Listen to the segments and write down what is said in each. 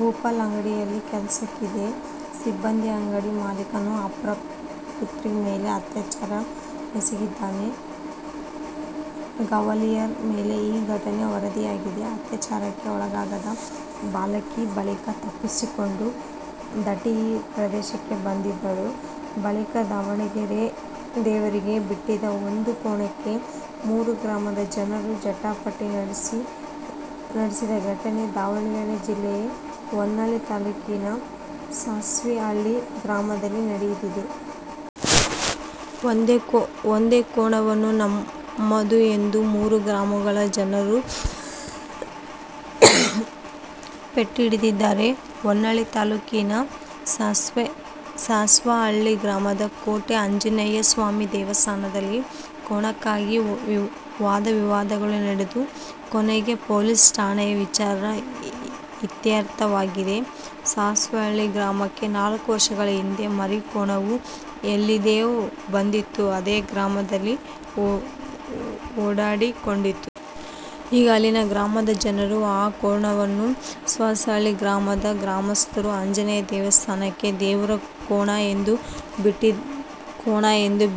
ಭೋಪಾಲ್: ಅಂಗಡಿಯಲ್ಲಿ ಕೆಲಸಕ್ಕಿದ್ದ ಸಿಬ್ಬಂದಿ ಅಂಗಡಿ ಮಾಲೀಕನ ಅಪ್ರಾಪ್ತ ಪುತ್ರಿಯ ಮೇಲೆ ಅತ್ಯಾಚಾರ ಎಸಗಿದ್ದಾನೆ. ಗ್ವಾಲಿಯರ್ ನಲ್ಲಿ ಈ ಘಟನೆ ವರದಿಯಾಗಿದೆ. ಅತ್ಯಾಚಾರಕ್ಕೆ ಒಳಗಾದ ಬಾಲಕಿ ಬಳಿಕ ತಪ್ಪಿಸಿಕೊಂಡು ಡಾಟಿಯಾ ಪ್ರದೇಶಕ್ಕೆ ಬಂದಿದ್ದಳು. ಬಳಿಕದಾವಣಗೆರೆ: ದೇವರಿಗೆ ಬಿಟ್ಟಿದ್ದ ಒಂದು ಕೋಣಕ್ಕೆ ಮೂರು ಗ್ರಾಮದ ಜನರು ಜಟಾಪಟಿ ನಡೆಸಿದ ಘಟನೆ ದಾವಣಗೆರೆ ಜಿಲ್ಲೆಯ ಹೊನ್ನಾಳಿ ತಾಲೂಕಿನ ಸಾಸ್ವಿಹಳ್ಳಿ ಗ್ರಾಮದಲ್ಲಿ ನಡೆದಿದೆ. ಒಂದೇ ಕೋಣವನ್ನು ನಮ್ಮದು ಎಂದು ಮೂರು ಗ್ರಾಮಗಳ ಜನರು ಪಟ್ಟುಹಿಡಿದಿದ್ದಾರೆ. ಹೊನ್ನಾಳಿ ತಾಲ್ಲೂಕಿನ ಸಾಸ್ವೆಹಳ್ಳಿ ಗ್ರಾಮದ ಕೋಟೆ ಆಂಜನೇಯ ಸ್ವಾಮಿ ದೇವಸ್ಥಾನದಲ್ಲಿ ಕೋಣಕ್ಕಾಗಿ ವಾದವಿವಾದಗಳು ನಡೆದು ಕೊನೆಗೆ ಪೊಲೀಸ್ ಠಾಣೆಯಲ್ಲಿ ವಿಚಾರ ಇತ್ಯರ್ಥವಾಗಿದೆ. ಸಾಸ್ವೆಹಳ್ಳಿ ಗ್ರಾಮಕ್ಕೆ ನಾಲ್ಕು ವರ್ಷಗಳ ಹಿಂದೆ ಮರಿಕೋಣವು ಎಲ್ಲಿಂದಲೋ ಬಂದಿತ್ತು. ಅದೇ ಗ್ರಾಮದಲ್ಲಿ ಓಡಾಡಿಕೊಂಡಿತ್ತು. ಈಗ ಅಲ್ಲಿನ ಗ್ರಾಮದ ಜನರು ಆ ಕೋಣವನ್ನು ಸಾಸ್ವೇಹಳ್ಳಿ ಗ್ರಾಮದ ಗ್ರಾಮಸ್ಥರು ಆಂಜನೇಯ ದೇವಸ್ಥಾನಕ್ಕೆ ದೇವರ ಕೋಣ ಎಂದು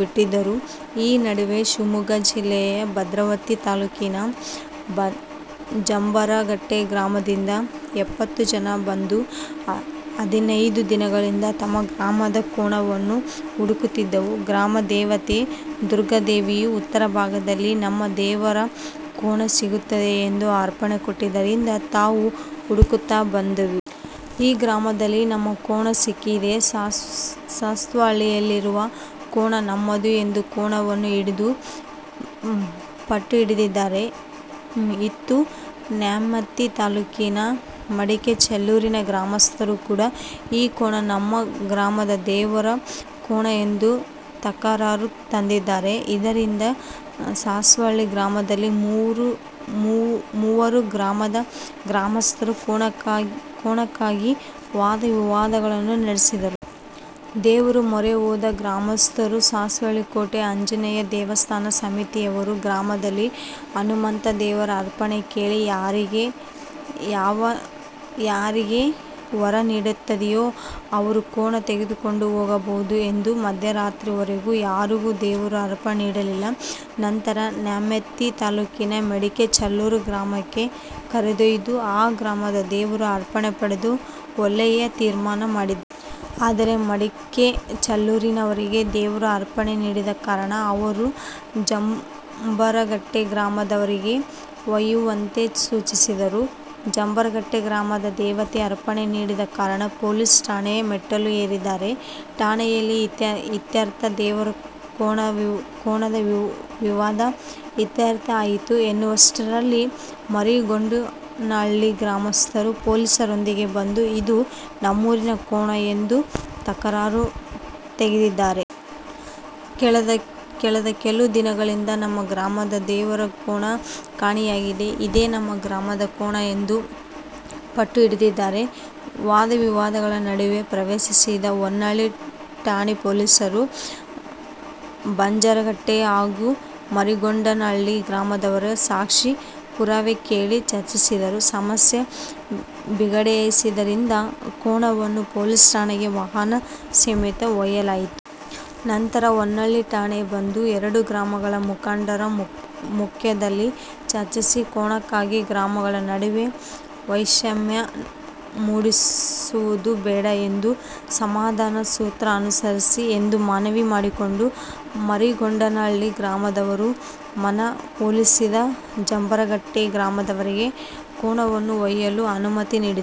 ಬಿಟ್ಟದ್ದರು. ಈ ನಡುವೆ ಶಿವಮೊಗ್ಗ ಜಿಲ್ಲೆಯ ಭದ್ರಾವತಿ ತಾಲ್ಲೂಕಿನ ಜಂಬರಗಟ್ಟೆ ಗ್ರಾಮದಿಂದ ಎಪ್ಪತ್ತು ಜನ ಬಂದು, ಹದಿನೈದು ದಿನಗಳಿಂದ ತಮ್ಮ ಗ್ರಾಮದ ಕೋಣವನ್ನು ಹುಡುಕುತ್ತಿದ್ದೆವು. ಗ್ರಾಮ ದೇವತೆ ದುರ್ಗಾದೇವಿಯು ಉತ್ತರ ಭಾಗದಲ್ಲಿ ನಮ್ಮ ದೇವರ ಕೋಣ ಸಿಗುತ್ತದೆ ಎಂದು ಅಪ್ಪಣೆ ಕೊಟ್ಟಿದ್ದರಿಂದ ನಾವು ಹುಡುಕುತ್ತ ಬಂದೆವು. ಈ ಗ್ರಾಮದಲ್ಲಿ ನಮ್ಮ ಕೋಣ ಸಿಕ್ಕಿದೆ. ಸಾಸ್ವೆಹಳ್ಳಿಯಲ್ಲಿರುವ ಕೋಣ ನಮ್ಮದು ಎಂದು ಕೋಣವನ್ನು ಹಿಡಿದು ಪಟ್ಟು ಹಿಡಿದಿದ್ದಾರೆ. ಇತ್ತ ನ್ಯಾಮತಿ ತಾಲ್ಲೂಕಿನ ಮಡಿಕೆ ಚೀಲೂರಿನ ಗ್ರಾಮಸ್ಥರು ಕೂಡ ಈ ಕೋಣ ನಮ್ಮ ಗ್ರಾಮದ ದೇವರ ಕೋಣ ಎಂದು ತಕರಾರು ತೆಗೆದಿದ್ದಾರೆ. ಇದರಿಂದ ಸಾಸ್ವೆಹಳ್ಳಿ ಗ್ರಾಮದಲ್ಲಿ ಮೂರು ಗ್ರಾಮದ ಗ್ರಾಮಸ್ಥರು ಕೋಣಕ್ಕಾಗಿ ವಾದ ವಿವಾದಗಳನ್ನು ನಡೆಸುತ್ತಿದ್ದರು. ದೇವರ ಮೊರೆ ಹೋದ ಗ್ರಾಮಸ್ಥರು: ಸಾಸ್ವೆಹಳ್ಳಿ ಕೋಟೆ ಆಂಜನೇಯ ದೇವಸ್ಥಾನ ಸಮಿತಿಯವರು ಗ್ರಾಮದಲ್ಲಿ ಹನುಮಂತ ದೇವರ ಅಪ್ಪಣೆ ಕೇಳಿ ಯಾರಿಗೆ ವರ ನೀಡುತ್ತದೆಯೋ ಅವರು ಕೋಣ ತೆಗೆದುಕೊಂಡು ಹೋಗಬಹುದು ಎಂದರು. ಮಧ್ಯರಾತ್ರಿಯವರೆಗೂ ಯಾರಿಗೂ ದೇವರು ಅಪ್ಪಣೆ ನೀಡಲಿಲ್ಲ. ನಂತರ ನ್ಯಾಮತಿ ತಾಲೂಕಿನ ಮಡಿಕೆ ಚೀಲೂರು ಗ್ರಾಮಕ್ಕೆ ಕರೆದೊಯ್ದಿದ್ದು, ಆ ಗ್ರಾಮದ ದೇವರ ಅಪ್ಪಣೆ ಪಡೆದು ಒಯ್ಯಲು ತೀರ್ಮಾನ ಮಾಡಿದ್ದಾರೆ. ಆದರೆ ಮಡಿಕೆ ಚೀಲೂರಿನವರಿಗೆ ದೇವರು ಅಪ್ಪಣೆ ನೀಡದ ಕಾರಣ ಅವರು ಜಂಬರಗಟ್ಟೆ ಗ್ರಾಮದವರಿಗೆ ಒಯ್ಯುವಂತೆ ಸೂಚಿಸಿದರು. ಜಂಬರಗಟ್ಟೆ ಗ್ರಾಮದ ದೇವತೆ ಅಪ್ಪಣೆ ನೀಡಿದ ಕಾರಣ ಪೊಲೀಸ್ ಠಾಣೆಯ ಮೆಟ್ಟಿಲು ಏರಿದ್ದಾರೆ. ಠಾಣೆಯಲ್ಲಿ ಇತ್ಯರ್ಥ: ದೇವರ ಕೋಣದ ವಿವಾದ ಇತ್ಯರ್ಥ ಆಯ್ತು ಎನ್ನುವಷ್ಟರಲ್ಲಿ ಮರಿಗೊಂಡನಹಳ್ಳಿಯ ಗ್ರಾಮಸ್ಥರು ಪೊಲೀಸರೊಂದಿಗೆ ಬಂದು, ಇದು ನಮ್ಮೂರಿನ ಕೋಣ ಎಂದು ತಕರಾರು ತೆಗೆದಿದ್ದಾರೆ. ಕಳೆದ ಕೆಲ ದಿನಗಳಿಂದ ನಮ್ಮ ಗ್ರಾಮದ ದೇವರ ಕೋಣ ಕಾಣೆಯಾಗಿದೆ. ಇದೇ ನಮ್ಮ ಗ್ರಾಮದ ಕೋಣ ಎಂದು ಪಟ್ಟು ಹಿಡಿದಿದ್ದಾರೆ. ವಾದ ವಿವಾದದ ನಡುವೆ ಪ್ರವೇಶಿದ ಹೊನ್ನಾಳಿ ಠಾಣೆ ಪೊಲೀಸರು ಬಂಜರಗಟ್ಟೆ ಹಾಗೂ ಮರಿಗೊಂಡನಹಳ್ಳಿ ಗ್ರಾಮದವರಿಂದ ಸಾಕ್ಷಿ, ಪುರಾವೆ ಕೇಳಿ ಚರ್ಚಿಸಿದರು. ಸಮಸ್ಯೆ ಬಿಗಡಾಯಿಸಿದ್ದರಿಂದ ಕೋಣವನ್ನು ಪೊಲೀಸ್ ಠಾಣೆಗೆ ವಾಹನ ಸಮೇತ ಒಯ್ಯಲಾಯಿತು. ನಂತರ ಹೊನ್ನಾಳಿ ಠಾಣೆಯ ಬಂದು, ಎರಡೂ ಗ್ರಾಮಗಳ ಮುಖಂಡರ ಸಮ್ಮುಖದಲ್ಲಿ ಚರ್ಚಿಸಿ, ಕೋಣಕ್ಕಾಗಿ ಗ್ರಾಮಗಳ ನಡುವೆ ವೈಷಮ್ಯ ಮೂಡಿಸುವುದು ಬೇಡ ಎಂದು ಸಂಧಾನ ಸೂತ್ರ ಅನುಸರಿಸಿ ಎಂದು ಮನವಿ ಮಾಡಿಕೊಂಡು, ಮರಿಗೊಂಡನಹಳ್ಳಿ ಗ್ರಾಮದವರ ಮನವೊಲಿಸಿ ಜಂಬರಗಟ್ಟೆ ಗ್ರಾಮದವರಿಗೆ ಕೋಣವನ್ನು ಒಯ್ಯಲು ಅನುಮತಿ ನೀಡಿದರು.